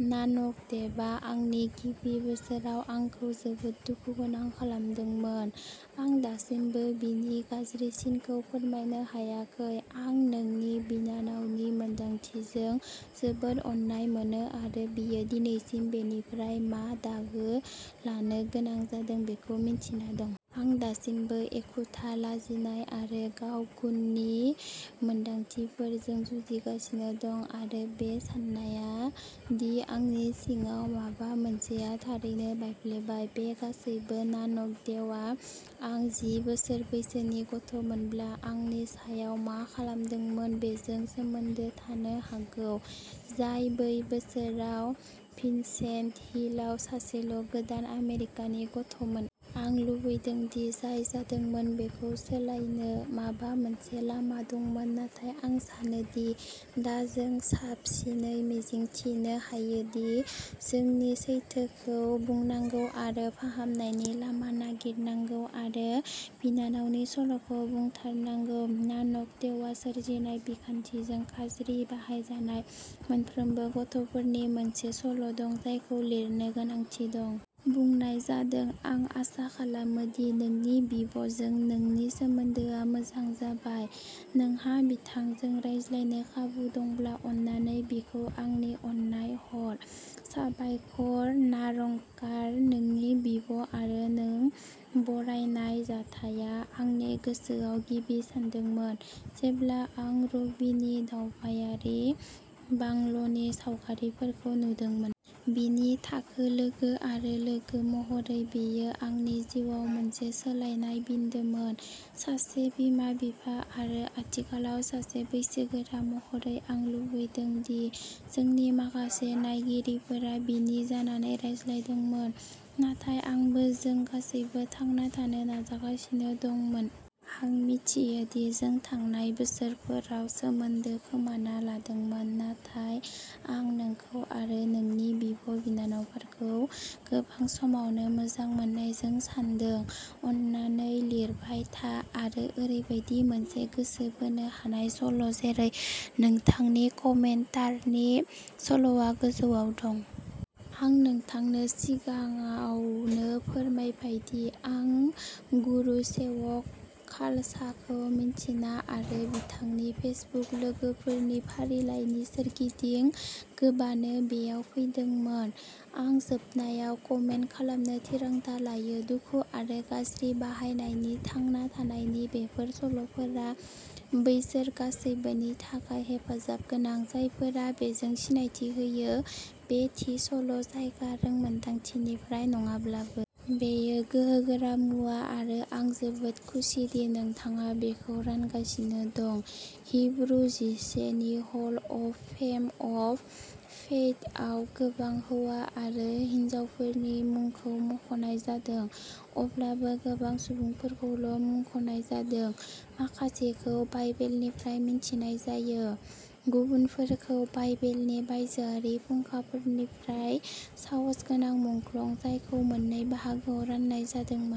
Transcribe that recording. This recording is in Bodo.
नानक देबआ आंनि गिबि बोसोराव आंखौ जोबोद दुखुगोनां खालामदोंमोन। आं दासिमबो बेनि गाज्रिसिनखौ फोरमायनो हायाखै। आं नोंनि बिनानावनि मोन्दांथिजों जोबोद अननाय मोनो आरो बियो दिनैसिम बेनिफ्राय मा दागो लानो गोनां जादों बेखौ मिन्थिना दं। आं दासिमबो एखुथा, लाजिनाय आरो गाव गुननि मोनदांथिफोरजों जुजिगासिनो दं आरो बे साननाया दि आंनि सिङाव माबा मोनसेआ थारैनो बायफ्लेबाय। बे गासैबो नानक देवआ आं जि बोसोर बैसोनि गथ'मोनब्ला आंनि सायाव मा खालामदोंमोन बेजों सोमोन्दो थानो हागौ, जाय बै बोसोराव भिनसेन्ट हिलआव सासेल' गोदान आमेरिकानि गथ'मोन। आं लुबैदों दि जाय जादोंमोन बेखौ सोलायनो माबा मोनसे लामा दंमोन नाथाय आं सानो दि दा जों साबसिनै मिजिंथिनो हायोदि जोंनि सैथोखौ बुंनांगौ आरो फाहामनायनि लामा नागिरनांगौ। आरो बिनानावनि सल'खौ बुंथारनांगौ। नानक देवआ सोरजिनाय बिखान्थिजों गाज्रि बाहायजानाय मोनफ्रोमबो गथ'फोरनि मोनसे सल' दं जायखौ लिरनो गोनांथि दं। बुंनाय जादों आं आसा खालामो दि नोंनि बिब' जों नोंनि सोमोन्दोआ मोजां जाबाय। नोंहा बिथांजों रायज्लायनो खाबु दंब्ला, अन्नानै बिखौ आंनि अननाय हर। साबायखर नारंगकार नोंनि बिब' आरो नों बरनायनाय जाथायआ आंनि गोसोआव गिबि सानदोंमोन जेब्ला आं रबिनि दावबायारि बांल'नि सावगारिफोरखौ नुदोंमोन। बिनि थाखो लोगो आरो लोगो महरै बेयो आंनि जिउआव मोनसे सोलायनाय बिन्दोमोन। सासे बिमा-बिफा आरो आथिखालाव सासे बैसोगोरा महरै, आं लुबैदों दि जोंनि माखासे नायगिरिफोरा बिनि जानानै रायज्लायदोंमोन नाथाय आंबो। जों गासैबो थांना थानो नाजागासिनो दंमोन। आं मिथियो दि जों थांनाय बोसोरफोराव सोमोन्दोखौ खोमाना लादोंमोन नाथाय आं नोंखौ आरो नोंनि बिब'- बिनानावफोरखौ गोबां समावनो मोजां मोननायजों सानदों। अन्नानै लिरबाय था। आरो ओरैबायदि मोनसे गोसो बोनो हानाय सल', जेरै नोंथांनि कमेन्टारनि सल'आ गोजौवाव दं। आं नोंथांनो सिगाङावनो फोरमायबाय दि आं गुरुसेवक खालसाखौ मिन्थिना आरो बिथांनि फेसबुक लोगोफोरनि फारिलाइनि सोरगिदिं गोबानो बेयाव फैदोंमोन। आं जोबनायाव कमेन्ट खालामनो थिरांथा लायो। दुखु आरो गाज्रि बाहायनायनि थांना थानायनि बेफोर सल'फोरा बैसोर गासैबोनि थाखाय हेफाजाब गोनां, जायफोरा बेजों सिनायथि होयो, बे थि सल' जायगा रोंमोनदांथिनिफ्राय नङाब्लाबो। बेयो गोहोगोरा मुवा आरो आं जोबोद खुसिदि नोंथाङा बेखौ रानगासिनो दं। हिब्रु जिसे नि hall of fame of faith आव गोबां हौवा आरो हिनजावफोरनि मुंखौ मुंख'नाय जादों, अब्लाबो गोबां सुबुंफोरखौल' मुंख'नाय जादों। माखासेखौ बाइबेलनिफ्राय मिथिनाय जायो, गुबुनफोरखौ बाइबेलनि बायजोआरि फुंखाफोरनिफ्राय। साहसगोनां मुंख्लं जायखौ मोननै बाहागोआव रान्नाय जादोंमोन।